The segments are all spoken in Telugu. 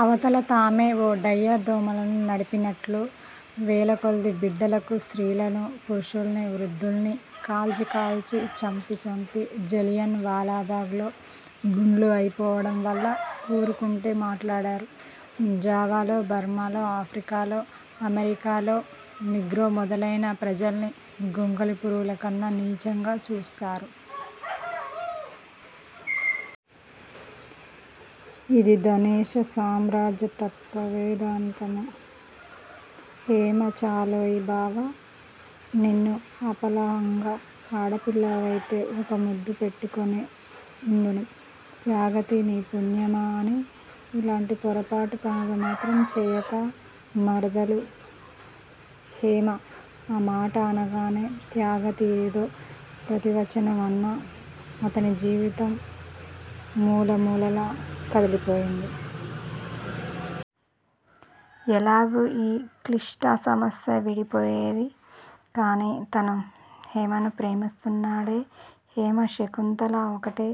అవతల తామే ఓ డయ్యర్ దోమలను నడి పినట్లు వేలకొలది బిడ్డలకూ, స్త్రీలనూ, పురుషుల్నీ, వృద్దుల్నీ కాల్చి కాల్చి, చంపి చంపి, జలియన్ వాలాబాగ్ లో గుండ్లు అయిపోవడం వల్ల ఊరుకుంటే మాట్లాడారు. జావాలో, బర్మాలో, ఆఫ్రికాలో, అమెరికాలో నీగ్రో మొదలైన ప్రజల్ని గొంగళి పురుగుల కన్నా నీచంగా చూస్తారు. ఇది ధనేశ సామ్రాజ్యతత్వ వేదాంతము. హేమ చాలోయి బావా! నిన్ను ఆపళంగా ఆడపిల్లవైతే ఒక ముద్దు పెట్టుకొని వుందును. త్యాగతి నీ పుణ్యమా అని ఇలాంటి పొరపాటు పనులు మాత్రం చేయక. మరదలు హేమ ఆ మాట అనగానే త్యాగతి ఏదో ప్రతివచనం అన్నా, అతని జీవితం మూలమూలలా కదిలిపోయింది. ఎలాగు ఈ క్లిష్ట సమస్య విడిపోయేది? కాని తను హేమను ప్రేమిస్తున్నాడే. హేమా, శకుంతలా ఒకటే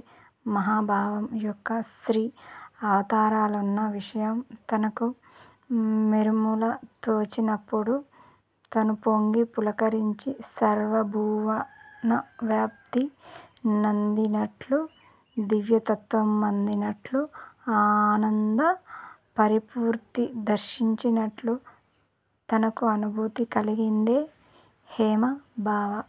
మహాభావం యొక్క స్త్రీ అవతారాలన్న విషయం తనకు మెరుములా తోచినప్పుడు తను పొంగి, పులకించి, సర్వభువనవ్యాప్తి నందినట్లు, దివ్యత్వమందినట్లు అనంద పరిపూర్తి దర్శించినట్లు తనకు అనుభూతి కలిగిందే! హేమ: బావా!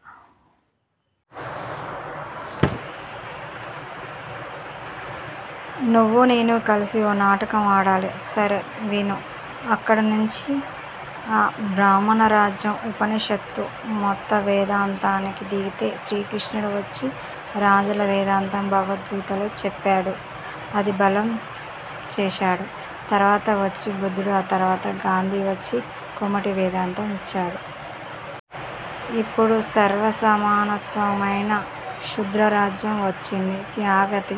నువ్వూ నేనూ కలసి ఓ నాటకం ఆడాలి. సరే విను. అక్కడినుంచి ఆ బ్రాహ్మణరాజ్యం ఉపనిషత్తు మోత్త వేదాంతానికి దిగితే. శ్రీకృష్ణుడు వచ్చి రాజుల వేదాంతం భగవద్గీతలో చెప్పాడు. అది బలం చేశాడు తర్వాత వచ్చి బుద్ధుడు. ఆ తర్వాత గాంధీ వచ్చి కోమటి వేదాంతం ఇచ్చాడు. ఇప్పుడు సర్వసమానవత్వమైన శూద్రరాజ్యం వచ్చింది. త్యాగతి: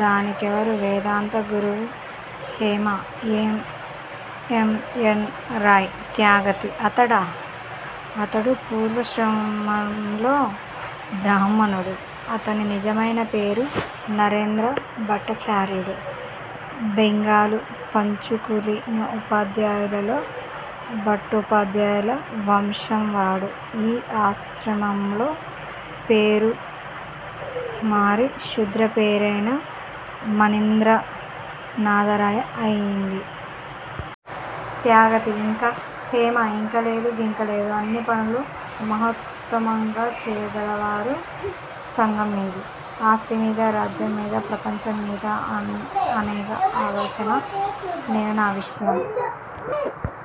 దాని కెవరు వేదాంత గురువు? హేమ: ఎం. ఎన్. రాయి! త్యాగతి: అతడా! అతడు పూర్వశ్రమంలో బ్రాహ్మణుడు! అతని నిజమైన పేరు నరేంద్రభట్టాచార్యుడు. బెంగాలు పంచుకులీనోపాద్యాయులలో భట్టోపాధ్యాయుల వంశంవాడు. ఈ ఆశ్రమంలో పేరు మారి శూద్ర పేరైన మణీంద్రనాధరాయి అయింది. త్యాగతి: ఇంకా! హేమ: ఇంకా లేదు గింకాలేదు! అన్ని పనులు మహోత్తమంగా చేయగలవారు సంఘం మీది, ఆస్తిమీద, రాజ్యం మీద, ప్రపంచం మీద, అనేగా ఆలోచన! నేను నా విషయం